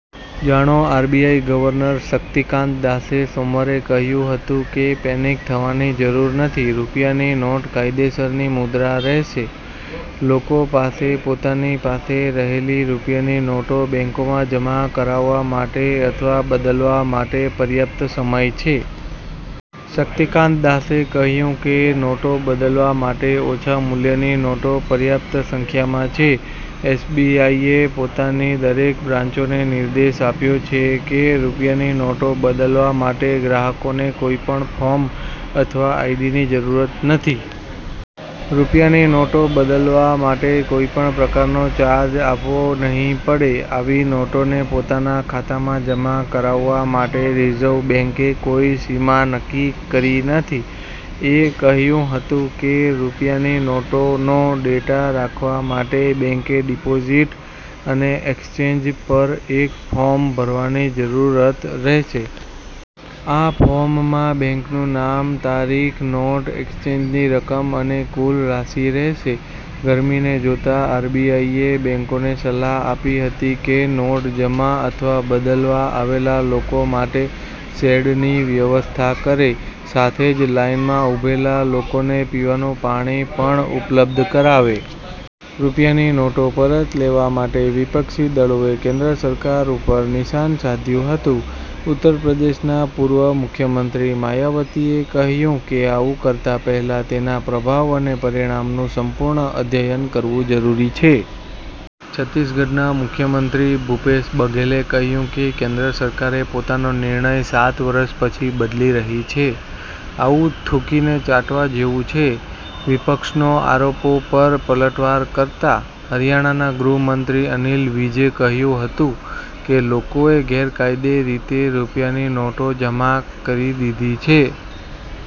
જાણો RBI governor Shaktikanta દાસે સોમવારે કહ્યું હતું કે પેનિક થવાની જરૂર નથી. રૂપિયાની નોટ કાયદેસરની મુદ્રા રહેશે. લોકો પાસે પોતાની પાસે રહેલી રૂપિયાની નોટોને બેંકોમાં જમા કરાવવા માટે અથવા બદલવા માટે પર્યાપ્ત સમય છે. – શક્તિકાંત દાસે કહ્યું કે નોટો બદલવા માટે ઓછા મૂલ્યની નોટો પર્યાપ્ત સંખ્યામાં છે. એસબીઆઈએ પોતાની દરેક બ્રાંચોને નિર્દેશ આપ્યો છે કે રૂપિયાની નોટો બદલવા માટે ગ્રાહકોને કોઈપણ ફોર્મ અથવા આઇડીની જરૂરત નથી. – રૂપિયાની નોટો બદલવા માટે કોઈપણ પ્રકારનો ચાર્જ આપવો નહીં પડે. આવી નોટોને પોતાના ખાતામાં જમા કરાવવા માટે રિઝર્વ બેન્કે કોઈ સીમા નક્કી કરી નથી. – એ કહ્યું હતું કે રૂપિયાની નોટોનો ડેટા રાખવા માટે બેંકે ડિપોઝિટ અને એક્સચેન્જ પર એક ફોર્મ ભરવાની જરૂરત રહેશે. આ ફોર્મમાં બેંકનું નામ તારીખ, નોટ એક્સચેન્જની રકમ અને કુલ રાશિ રહેશે. – ગર્મીને જોતા આરબીઆઈએ બેંકોને સલાહ આપી હતી કે નોટ જમા અથવા બદલવા આવેલા લોકો માટે શેડની વ્યવસ્થા કરે. સાથે જ લાઇનમાં ઉભેલા લોકોને પીવાનું પાણી પણ ઉપલબ્ધ કરાવે. – રૂપિયાની નોટો પરત લેવા માટે વિપક્ષી દળોએ કેન્દ્ર સરકાર ઉપર નિશાન સાધ્યું હતું. ઉત્તર પ્રદેશના પૂર્વ મુખ્યમંત્રી માયાવતીએ કહ્યું કે આવું કરતા પહેલા તેના પ્રભાવ અને પરિણામનું સંપૂર્ણ અધ્યયન કરવું જરૂરી છે. છત્તીસગઢના મુખ્યમંત્રી ભૂપેશ બઘેલે કહ્યું કે કેન્દ્ર સરકારે પોતાનો નિર્ણય સાત વર્ષ પછી બદલી રહી છે. આવું થૂંકીને ચાટવા જેવું છે. – વિપક્ષનો આરોપો પર પલટવાર કરતા હરિયાણાના ગૃહમંત્રી અનિલ વિજે કહ્યું હતું કે લોકોએ ગેરકાયદે રીતે રૂપિયાની નોટો જમા કરી દીધી છે.